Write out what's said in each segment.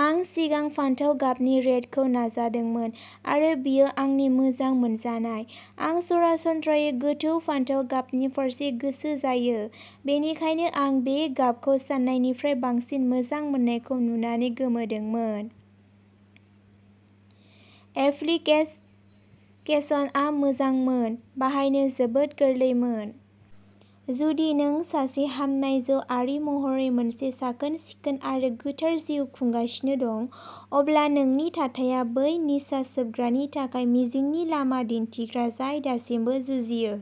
आं सिगां फान्थाव गाबनि शेडखौ नाजादोंमोन आरो बेयो आंनि मोजां मोनजानाय। आं सरासनस्रायै गोथौ फान्थाव गाबनि फारसे गोसो जायो, बेनिखायनो आं बे गाबखौ सान्नायनिफ्राय बांसिन मोजां मोननायखौ नुनानै गोमोदोंमोन। एप्लिकेशनआ मोजांमोन, बाहायनो जोबोद गोरलैमोन। जुदि नों सासे हामनाय जौआरि महरै मोनसे साखोन-सिखोन आरो गोथार जिउ खुंगासिनो दं, अब्ला नोंनि थाथाया बै निसा सोबग्रानि थाखाय मिजिंनि लामा दिन्थिग्रा जाय दासिमबो जुजियो।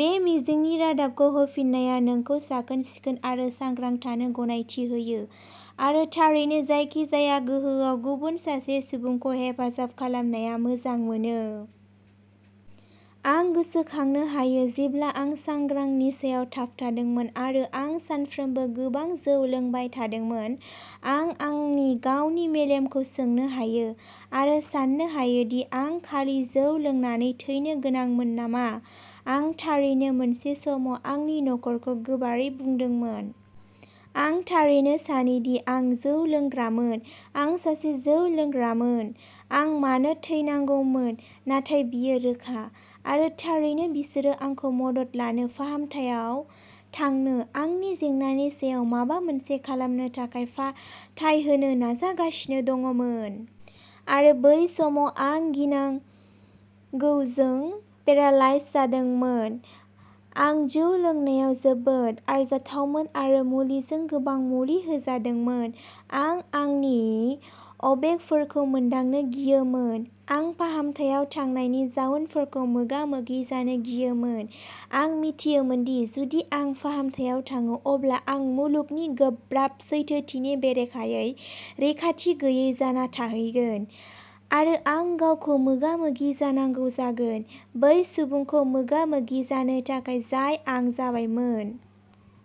बे मिजिंनि रादाबखौ होफिन्नाया नोंखौ साखोन-सिखोन आरो सांग्रां थानो गनायथि होयो, आरो थारैनो जायखिजाया गोहोआव गुबुन सासे सुबुंखौ हेफाजाब खालामनाया मोजां मोनो। आं गोसोखांनो हायो जेब्ला आं सांग्रां निसायाव थाबथादोंमोन आरो आं सानफ्रोमबो गोबां जौ लोंबाय थादोंमोन। आं आंनि गावनि मेलेमखौ सोंनो हायो, आरो साननो हायो दि आं खालि जौ लोंनानै थैनो गोनांमोन नामा। आं थारैनो मोनसे समाव आंनि नखरखौ गोबारै बुंदोंमोन। "आं थारैनो सानोदि आं जौ लोंग्रामोन। आं सासे जौ लोंग्रामोन। आं मानो थैनांगौमोन, नाथाय बेयो रोखा। " आरो थारैनो बिसोरो आंखौ मदद लानो, फाहामथायाव थांनो, आंनि जेंनानि सायाव माबा मोनसे खालामनो थाखाय फोथायहोनो नाजागासिनो दंमोन। आरो बै समाव आं गिनांगौजों पेरालाइज जादोंमोन। आं जौ लोंनायाव जोबोद आरजाथावमोन आरो मुलिजों गोबां मुलि होजादोंमोन। आं आंनि आबेगफोरखौ मोनदांनो गियोमोन, आं फाहामथायाव थांनायनि जाउनफोरखौ मोगा-मोगि जानो गियोमोन। आं मिथियोमोनदि जुदि आं फाहामथायाव थाङो अब्ला आं मुलुगनि गोब्राब सैथोथिनि बेरेखायै रैखाथि गैयै जाना थाहैगोन, आरो आं गावखौ मोगा-मोगि जानांगौ जागोन; बै सुबुंखौ मोगा-मोगि जानो थाखाय जाय आं जाबायमोन।